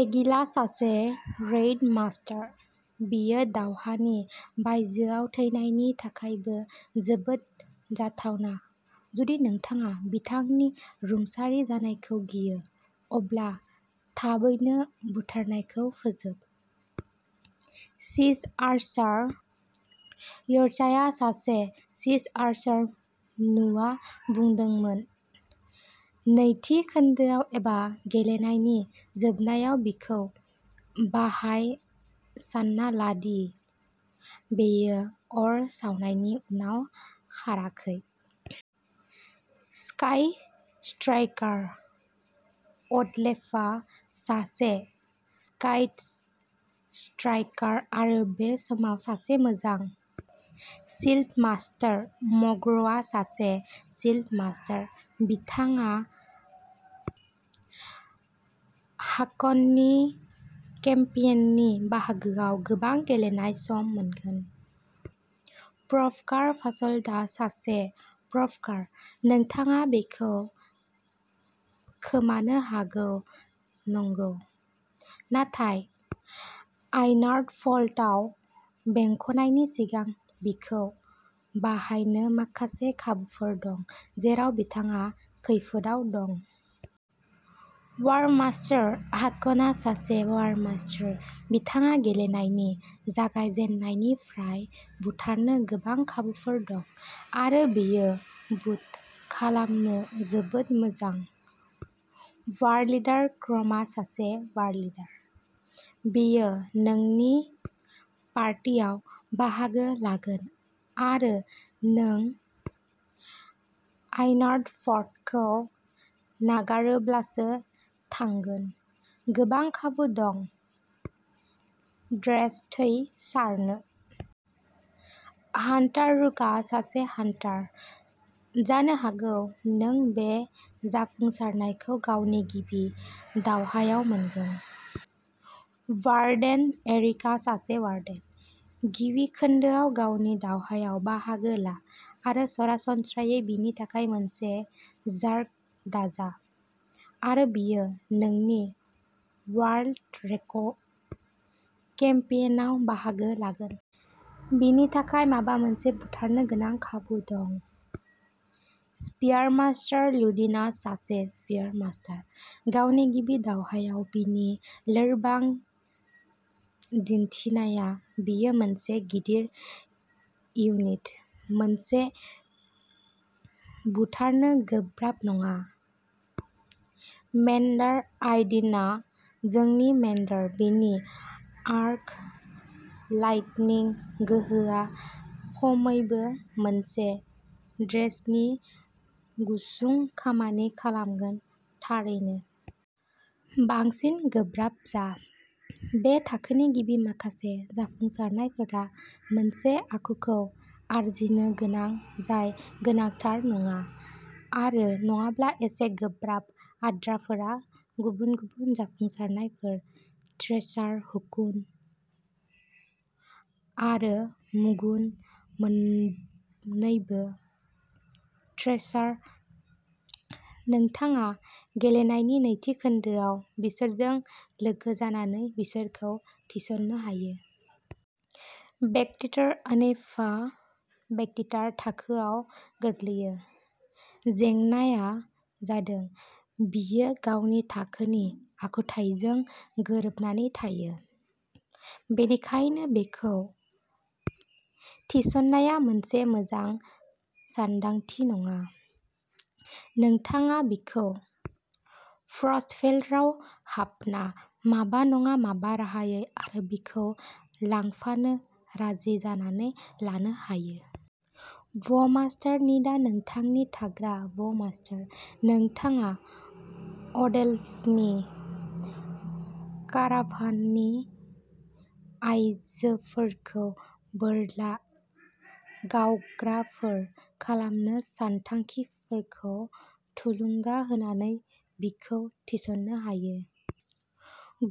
एगिलआ सासे रेइड मास्टार। बियो दावहानि बायजोआव थैनायनि थाखायबो जोबोद जाथावना। जुदि नोंथाङा बिथांनि रुंसारि जानायखौ गियो, अब्ला थाबैनो बुथारनायखौ फोजोब। सीज आर्चार-यर्साआ सासे सीज आर्चार। नुवा बुंदोंमोन नैथि खोन्दोआव एबा गेलेनायनि जोबनायाव बिखौ बाहाय, सान्ना ला दि बियो अर सावनायनि उनाव खाराखै। स्काई स्ट्राइकार-अडलेफआ सासे स्काई स्ट्राइकार, आरो बे समाव सासे मोजां। शील्डमास्टार-मग्रआ सासे शील्डमास्टार। बिथाङा हाकननि केम्पेइननि बाहागोआव गोबां गेलेनाय सम मोनगोन। प्र'भकार-फास'ल्टआ सासे प्र'भकार। नोंथाङा बिखौ खोमानो हागौ नंगौ, नाथाय आइनार्ट'फ्टलआव बेंखननायनि सिगां बिखौ बाहायनो माखासे खाबुफोर दं, जेराव बिथाङा खैफोदआव दं। वार्मास्टार-हाक'नआ सासे वार्मास्टार। बिथाङा गेलेनायनि जागायजेन्नायनिफ्राय बुथारनो गोबां खाबुफोर दं, आरो बियो बुट खालामनो जोबोद मोजां। वारलिडार-क्रमरआ सासे वारलिडार। बियो नोंनि पार्टियाव बाहागो लागोन आरो नों आइनार्टफ्टखौ नागारोब्लासो थांगोन। गोबां खाबु दं ड्रेज थै सारनो। हान्टार-रुकआ सासे हान्टार। जानो हागौ नों बे जाफुंसारनायखौ गावनि गिबि दावहायाव मोनगोन। वार्डेन-एरिकआ सासे वार्डेन। गिबि खोन्दोआव गावनि दावहायाव बाहागो ला आरो सरासनस्रायै बिनि थाखाय मोनसे जार्क दाजा आरो बियो नोंनि वार्ल रेक'केम्पेइनआव बाहागो लागोन। बिनि थाखाय माबा मोनसे बुथारनो गोनां खाबुफोर दं। स्पियारमास्टार-लुडिनआ सासे स्पियारमास्टार। गावनि गिबि दावहायाव बिनि लोरबां दिन्थिनाया, बियो मोनसे गिदिर इउनिट। मोनसे बुथारनो गोब्राब नङा। मेन्डार-आइविन्डआ नोंनि मेन्डार। बिनि आर्क लाइटनिं गोहोआ खमैबो मोनसे ड्रेजनि गुसुं खामानि खालामगोन, थारैनो। बांसिन गोब्राब जा। बे थाखोनि गिबि माखासे जाफुंसारनायफोरा मोनसे आखुखौ आरजिनो गोनां, जाय गोनांथार नङा, आरो नङाब्ला एसे गोब्राब। आद्राफोरा गुबुन गुबुन जाफुंसारनायफोर। थ्रेसार-हगुन आरो मुगुन मोननैबो थ्रेसार। नोंथाङा गेलेनायनि नैथि खोन्दोआव बिसोरजों लोगो जानानै बिसोरखौ थिसननो हायो। बेकटिटार-ओनेफआ बेकटिटार थाखोआव गोग्लैयो। जेंनाआ जादों, बियो गावनि थाखोनि आखुथाइजों गोरोबनानै थायो, बेनिखायनो बिखौ थिसननाया मोनसे मोजां सानदांथि नङा। नोंथाङा बिखौ फ्रस्टभेलराव हाबना, माबा नङा माबा राहायै, आरो बिखौ लांफानो राजि जानानै लानो हायो। ब'मास्टार-निडआ नोंथांनि थाग्रा ब'मास्टार। नोंथाङा अडेलफनि काराभाननि आयजोफोरखौ बोरला गावग्राफोर खालामनो सानथांखिफोरखौ थुलुंगा होनानै बिखौ थिसननो हायो।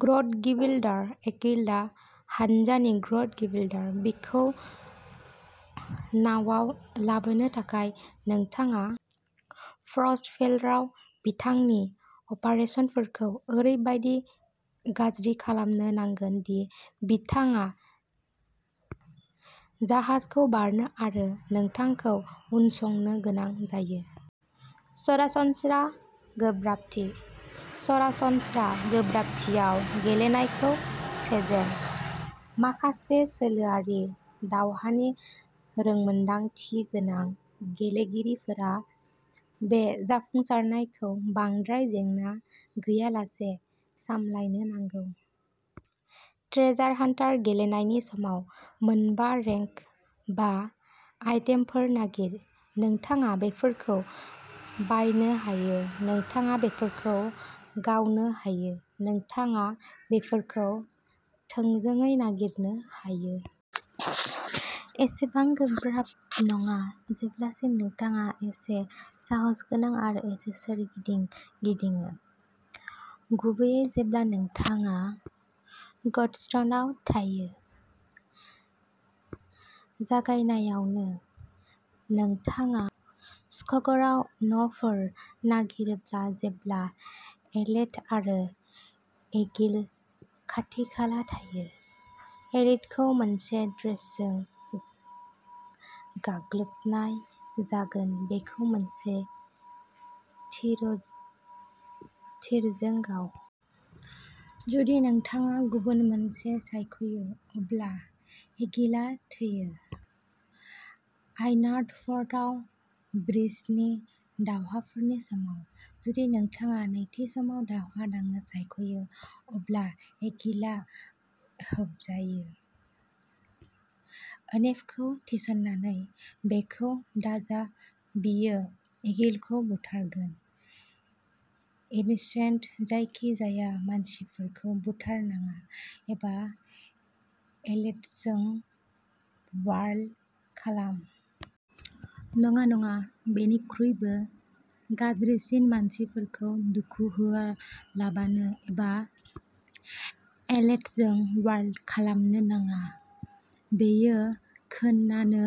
ग्रुडगिविल्डार-एककिलआ हानजानि ग्रुडगिविल्डार। बिखौ नावआव लाबोनो थाखाय नोंथाङा फ्रस्टभेलराव बिथांनि अपारेसनफोरखौ ओरैबायदि गाज्रि खालामनो नांगोन दि बिथाङा जाहाजखौ बारनो आरो नोंथांखौ उनसंनो गोनां जायो। सरासनस्रा गोब्राबथि-सरासनस्रा गोब्राबथियाव गेलेनायखौ फेजेन। माखासे सोलोआरि दावहानि रोंमोनदांथि गोनां गेलेगिरिफोरा बे जाफुंसारनायखौ बांद्राय जेंना गैयालासे सामलायनो नांगौ। ट्रेजार हान्टार-गेलेनायनि समाव मोनबा रेंक बा आइटेमफोर नागिर। नोंथाङा बेफोरखौ बायनो हायो, नोंथाङा बेफोरखौ गावनो हायो, नोंथाङा बेफोरखौ थोंजोङै नागिरनो हायो। एसेबां गोब्राब नङा जेब्लासिम नोंथाङा एसे साहसगोनां आरो एसे सोरगिदिं गिदिङो, गुबैयै जेब्ला नोंथाङा गडस्टोनआव थायो। जागायनायावनो। नोंथाङा स्क'गरआव न'फोर नागिरोब्ला जेब्ला एलेट आरो एगिल खाथि-खाला थायो, एलेटखौ मोनसे ड्रेजजों गाग्लोबनाय जागोन। बेखौ मोनसे थिर'थिरजों गाव। जुदि नोंथाङा गुबुन मोनसे सायख'यो, अब्ला एगिलआ थैयो। आइनार्टफ्टआव ब्रिजनि दावहाफोरनि समाव। जुदि नोंथाङा नैथि सानाव दावहा नांनो सायख'यो, अब्ला एगिलआ होफ जायो। ओनेफखौ थिसननानै। बेखौ दाजा बियो एगिलखौ बुथारगोन। इनोसेन्ट-जायखिजाया मानसिफोरखौ बुथारनाङा एबा एलेटजों वार्ल खालाम। नङा, नङा, बेनिख्रुइबो गाज्रिसिन-मानसिफोरखौ दुखु होआलाबानो एबा एलेटजों वार्ल खालामनो नाङा। बेयो खोनानो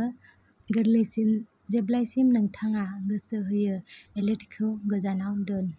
गोरलैसिन, जेब्लासिम नोंथाङा गोसो होयो एलेटखौ गोजानाव दोन।